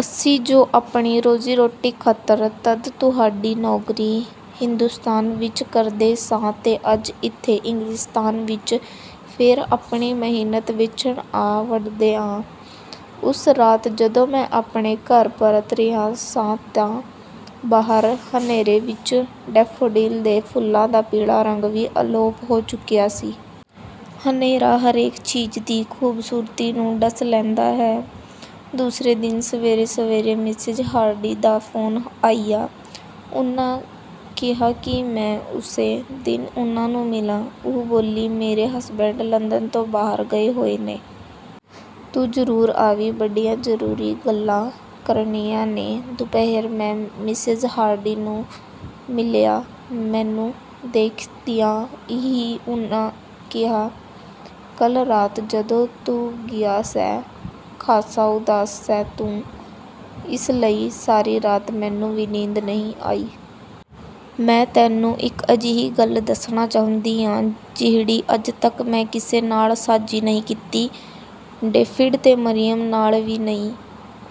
ਅਸੀਂ ਜੋ ਆਪਣੀ ਰੋਜ਼ੀ-ਰੋਟੀ ਖਾਤਰ ਤਦ ਤੁਹਾਡੀ ਨੌਕਰੀ ਹਿੰਦੁਸਤਾਨ ਵਿੱਚ ਕਰਦੇ ਸਾਂ ਤੇ ਅੱਜ ਇੱਥੇ ਇੰਗਲਿਸਤਾਨ ਵਿੱਚ ਫੇਰ ਆਪਣੀ ਮਿਹਨਤ ਵੇਚਣ ਆ ਵੜਦੇ ਆਂ।" ਉਸ ਰਾਤ ਜਦੋਂ ਮੈਂ ਆਪਣੇ ਘਰ ਪਰਤ ਰਿਹਾ ਸਾਂ ਤਾਂ ਬਾਹਰ ਹਨੇਰੇ ਵਿੱਚ ਡੈਫੋਡਿਲ ਦੇ ਫੁੱਲਾਂ ਦਾ ਪੀਲਾ ਰੰਗ ਵੀ ਅਲੋਪ ਹੋ ਚੁੱਕਿਆ ਸੀ। ਹਨੇਰਾ ਹਰੇਕ ਚੀਜ਼ ਦੀ ਖ਼ੂਬਸੂਰਤੀ ਨੂੰ ਡਸ ਲੈਂਦਾ ਹੈ। --------- ਦੂਸਰੇ ਦਿਨ ਸਵੇਰੇ-ਸਵੇਰੇ ਮਿਸੇਜ਼ ਹਾਰਡੀ ਦਾ ਫ਼ੋਨ ਆਇਆ। ਉਹਨਾਂ ਕਿਹਾ ਕਿ ਮੈਂ ਉਸੇ ਦਿਨ ਉਹਨਾਂ ਨੂੰ ਮਿਲਾਂ। ਉਹ ਬੋਲੀ, "ਮੇਰੇ ਹਸਬੈਂਡ ਲੰਦਨ ਤੋਂ ਬਾਹਰ ਗਏ ਹੋਏ ਨੇ... ਤੂੰ ਜ਼ਰੂਰ ਆਵੀਂ, ਬੜੀਆਂ ਜ਼ਰੂਰੀ ਗੱਲਾਂ ਕਰਨੀਆਂ ਨੇ।" ਦੁਪਹਿਰੇ ਮੈਂ ਮਿਸੇਜ਼ ਹਾਰਡੀ ਨੂੰ ਮਿਲਿਆ। ਮੈਨੂੰ ਦੇਖਦਿਆਂ ਹੀ ਉਹਨਾਂ ਕਿਹਾ, "ਕੱਲ੍ਹ ਰਾਤ ਜਦੋਂ ਤੂੰ ਗਿਆ ਸੈਂ, ਖਾਸਾ ਉਦਾਸ ਸੈਂ ਤੂੰ ਇਸ ਲਈ ਸਾਰੀ ਰਾਤ ਮੈਨੂੰ ਵੀ ਨੀਂਦ ਨਹੀਂ ਆਈ। ਮੈਂ ਤੈਨੂੰ ਇਕ ਅਜਿਹੀ ਗੱਲ ਦੱਸਣਾ ਚਾਹੁੰਦੀ ਆਂ ਜਿਹੜੀ ਅੱਜ ਤੱਕ ਮੈਂ ਕਿਸੇ ਨਾਲ ਸਾਂਝੀ ਨਹੀਂ ਕੀਤੀ। ਡੇਵਿਡ ਤੇ ਮਰੀਅਮ ਨਾਲ ਵੀ ਨਹੀਂ।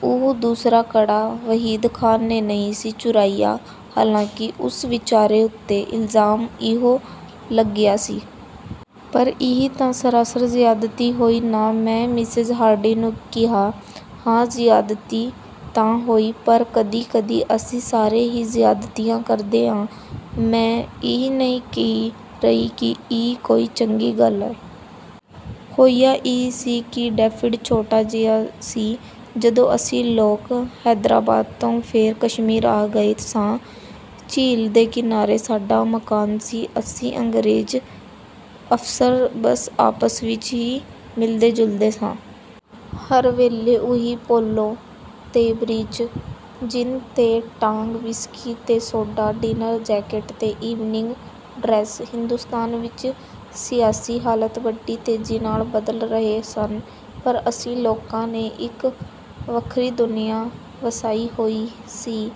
ਉਹ ਦੂਸਰਾ ਕੜਾ ਵਹੀਦ ਖ਼ਾਨ ਨੇ ਨਹੀਂ ਸੀ ਚੁਰਾਇਆ, ਹਾਲਾਂਕਿ ਉਸ ਵਿਚਾਰੇ ਉੱਤੇ ਇਲਜ਼ਾਮ ਇਹੋ ਲੱਗਿਆ ਸੀ।" "ਪਰ ਇਹ ਤਾਂ ਸਰਾਸਰ ਜ਼ਿਆਦਤੀ ਹੋਈ ਨਾ!" ਮੈਂ ਮਿਸੇਜ਼ ਹਾਰਡੀ ਨੂੰ ਕਿਹਾ। "ਹਾਂ ਜ਼ਿਆਦਤੀ ਤਾਂ ਹੋਈ। ਪਰ ਕਦੀ-ਕਦੀ ਅਸੀਂ ਸਾਰੇ ਹੀ ਜ਼ਿਆਦਤੀਆਂ ਕਰਦੇ ਆਂ। ਮੈਂ ਇਹ ਨਹੀਂ ਕਹਿ ਰਹੀ ਕਿ ਇਹ ਕੋਈ ਚੰਗੀ ਗੱਲ ਏ। ਹੋਇਆ ਇਹ ਸੀ ਕਿ ਡੇਵਿਡ ਛੋਟਾ ਜਿਹਾ ਸੀ, ਜਦੋਂ ਅਸੀਂ ਲੋਕ ਹੈਦਰਾਬਾਦ ਤੋਂ ਫੇਰ ਕਸ਼ਮੀਰ ਆ ਗਏ ਸਾਂ। ਝੀਲ ਦੇ ਕਿਨਾਰੇ ਸਾਡਾ ਮਕਾਨ ਸੀ। ਅਸੀਂ ਅੰਗਰੇਜ਼ ਅਫ਼ਸਰ ਬਸ ਆਪਸ ਵਿੱਚ ਹੀ ਮਿਲਦੇ-ਜੁਲਦੇ ਸਾਂ। ਹਰ ਵੇਲੇ ਉਹੀ ਪੋਲੋ ਤੇ ਬ੍ਰਿਜ, ਜਿੰਨ ਤੇ ਟਾਂਗ, ਵਿਸਕੀ ਤੇ ਸੋਢਾ, ਡਿਨਰ ਜੈਕਟ ਤੇ ਈਵਨਿੰਗ ਡਰੈੱਸ...। ਹਿੰਦੁਸਤਾਨ ਵਿੱਚ ਸਿਆਸੀ ਹਾਲਾਤ ਬੜੀ ਤੇਜ਼ੀ ਨਾਲ ਬਦਲ ਰਹੇ ਸਨ, ਪਰ ਅਸੀਂ ਲੋਕਾਂ ਨੇ ਇੱਕ ਵੱਖਰੀ ਦੁਨੀਆਂ ਵਸਾਈ ਹੋਈ ਸੀ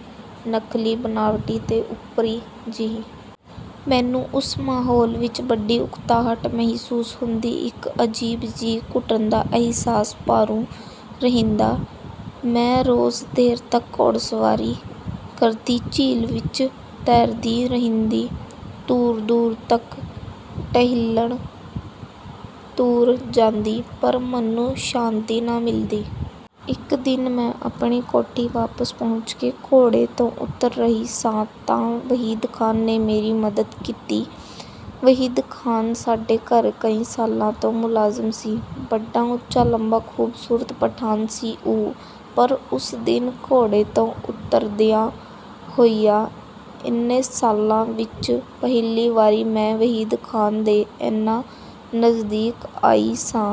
ਨਕਲੀ, ਬਣਾਵਟੀ ਤੇ ਓਪਰੀ ਜਿਹੀ। ਮੈਨੂੰ ਉਸ ਮਾਹੌਲ ਵਿੱਚ ਬੜੀ ਉਕਤਾਹਟ ਮਹਿਸੂਸ ਹੁੰਦੀ... ਇੱਕ ਅਜੀਬ ਜਿਹੀ ਘੁਟਨ ਦਾ ਅਹਿਸਾਸ ਭਾਰੂ ਰਹਿੰਦਾ। ਮੈਂ ਰੋਜ਼ ਦੇਰ ਤੱਕ ਘੋੜਸਵਾਰੀ ਕਰਦੀ, ਝੀਲ ਵਿੱਚ ਤੈਰਦੀ ਰਹਿੰਦੀ, ਦੂਰ-ਦੂਰ ਤੱਕ ਟਹਿਲਣ ਤੁਰ ਜਾਂਦੀ... ਪਰ ਮਨ ਨੂੰ ਸ਼ਾਂਤੀ ਨਾ ਮਿਲਦੀ। ਇੱਕ ਦਿਨ ਮੈਂ ਆਪਣੀ ਕੋਠੀ ਵਾਪਸ ਪਹੁੰਚ ਕੇ ਘੋੜੇ ਤੋਂ ਉਤਰ ਰਹੀ ਸਾਂ ਤਾਂ ਵਹੀਦ ਖ਼ਾਨ ਨੇ ਮੇਰੀ ਮਦਦ ਕੀਤੀ। ਵਹੀਦ ਖ਼ਾਨ ਸਾਡੇ ਘਰ ਕਈ ਸਾਲਾਂ ਤੋਂ ਮੁਲਾਜ਼ਮ ਸੀ। ਬੜਾ ਉੱਚਾ-ਲੰਮਾ ਖ਼ੂਬਸੂਰਤ ਪਠਾਨ ਸੀ ਉਹ ਪਰ ਉਸ ਦਿਨ ਘੋੜੇ ਤੋਂ ਉਤਰਦਿਆਂ ਹੋਇਆਂ, ਏਨੇ ਸਾਲਾਂ ਵਿੱਚ ਪਹਿਲੀ ਵਾਰੀ ਮੈਂ ਵਹੀਦ ਖ਼ਾਨ ਦੇ ਏਨਾ ਨਜ਼ਦੀਕ ਆਈ ਸਾਂ।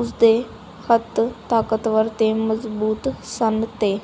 ਉਸਦੇ ਹੱਥ ਤਾਕਤਵਰ ਤੇ ਮਜ਼ਬੂਤ ਸਨ ਤੇ...